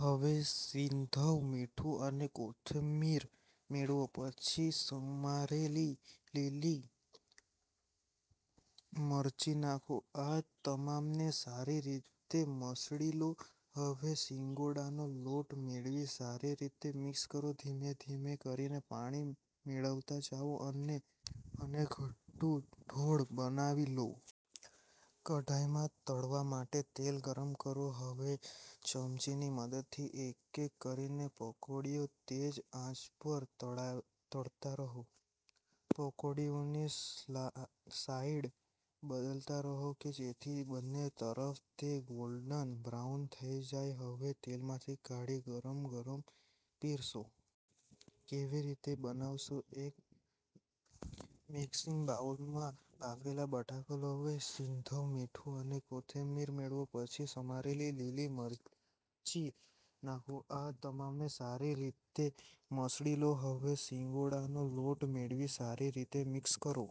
હવે સિંધવ મીઠું અને કોથમીર મેળવો.. પછી સમારેલી લીલી મરચી નાંખો.. આ તમામને સારી રીતે મસળી લો.. હવે સિંગોડાનો લોટ મેળવી સારી રીતે મિક્સ કરો.. ધીમે-ધીમે કરીને પાણી મેળવતા જાઓ અને ઘટ્ટ ઘોળ બનાવી લો.. કઢાઈમાં તળવા માટે તેલ ગરમ કરો.. હવે ચમચીની મદદથી એક-એક કરીને પકોડીઓ તેજ આંચ પર તળતા રહો.. પકોડીઓની સાઇડ બદલતા રહો કે જેથી બંને તરફથી તે ગોલ્ડન બ્રાઉન થઈ જાય.. હવે તેલમાંથી કાઢી ગરમા-ગરમ પિરસો. કેવી રીતે બનાવશો?. એક મિક્સિંગ બાઉલમાં બાફેલા બટાકા લો.. હવે સિંધવ મીઠું અને કોથમીર મેળવો.. પછી સમારેલી લીલી મરચી નાંખો.. આ તમામને સારી રીતે મસળી લો.. હવે સિંગોડાનો લોટ મેળવી સારી રીતે મિક્સ કરો..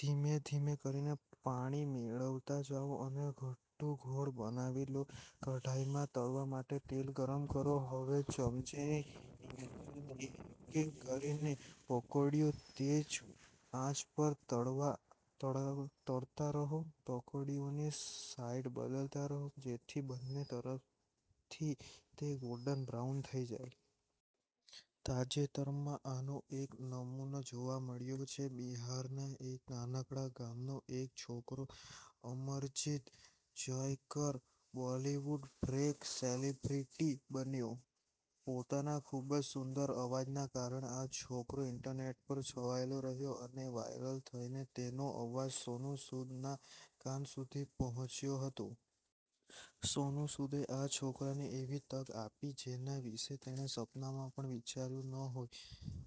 ધીમે-ધીમે કરીને પાણી મેળવતા જાઓ અને ઘટ્ટ ઘોળ બનાવી લો.. કઢાઈમાં તળવા માટે તેલ ગરમ કરો.. હવે ચમચીની મદદથી એક-એક કરીને પકોડીઓ તેજ આંચ પર તળતા રહો.. પકોડીઓની સાઇડ બદલતા રહો કે જેથી બંને તરફથી તે ગોલ્ડન બ્રાઉન થઈ જાય.. તાજેતરમાં આનો એક નમૂનો જોવા મળ્યો છે. બિહારના એક નાનકડા ગામનો એક છોકરો Amarjeet Jaykar Bollywood break celebrity બન્યો. પોતાના ખૂબ જ સુંદર અવાજના કારણે આ છોકરો ઈન્ટરનેટ પર છવાયેલો રહ્યો અને વાયરલ થઈને તેનો અવાજ સોનુ સૂદ ના કાન સુધી પહોંચ્યો હતો. સોનુ સૂદે આ છોકરાને એવી તક આપી, જેના વિશે તેણે સપનામાં પણ વિચાર્યું ન હોય.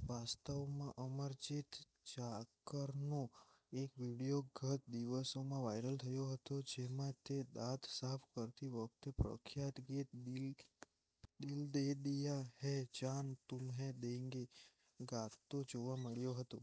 વાસ્તવમાં, અમરજીત જાકરનો એક વીડિયો ગત દિવસોમાં વાયરલ થયો હતો, જેમાં તે દાંત સાફ કરતી વખતે પ્રખ્યાત ગીત 'દિલ દે દિયા હૈ જાન તુમ્હે દેંગે' ગાતો જોવા મળ્યો હતો.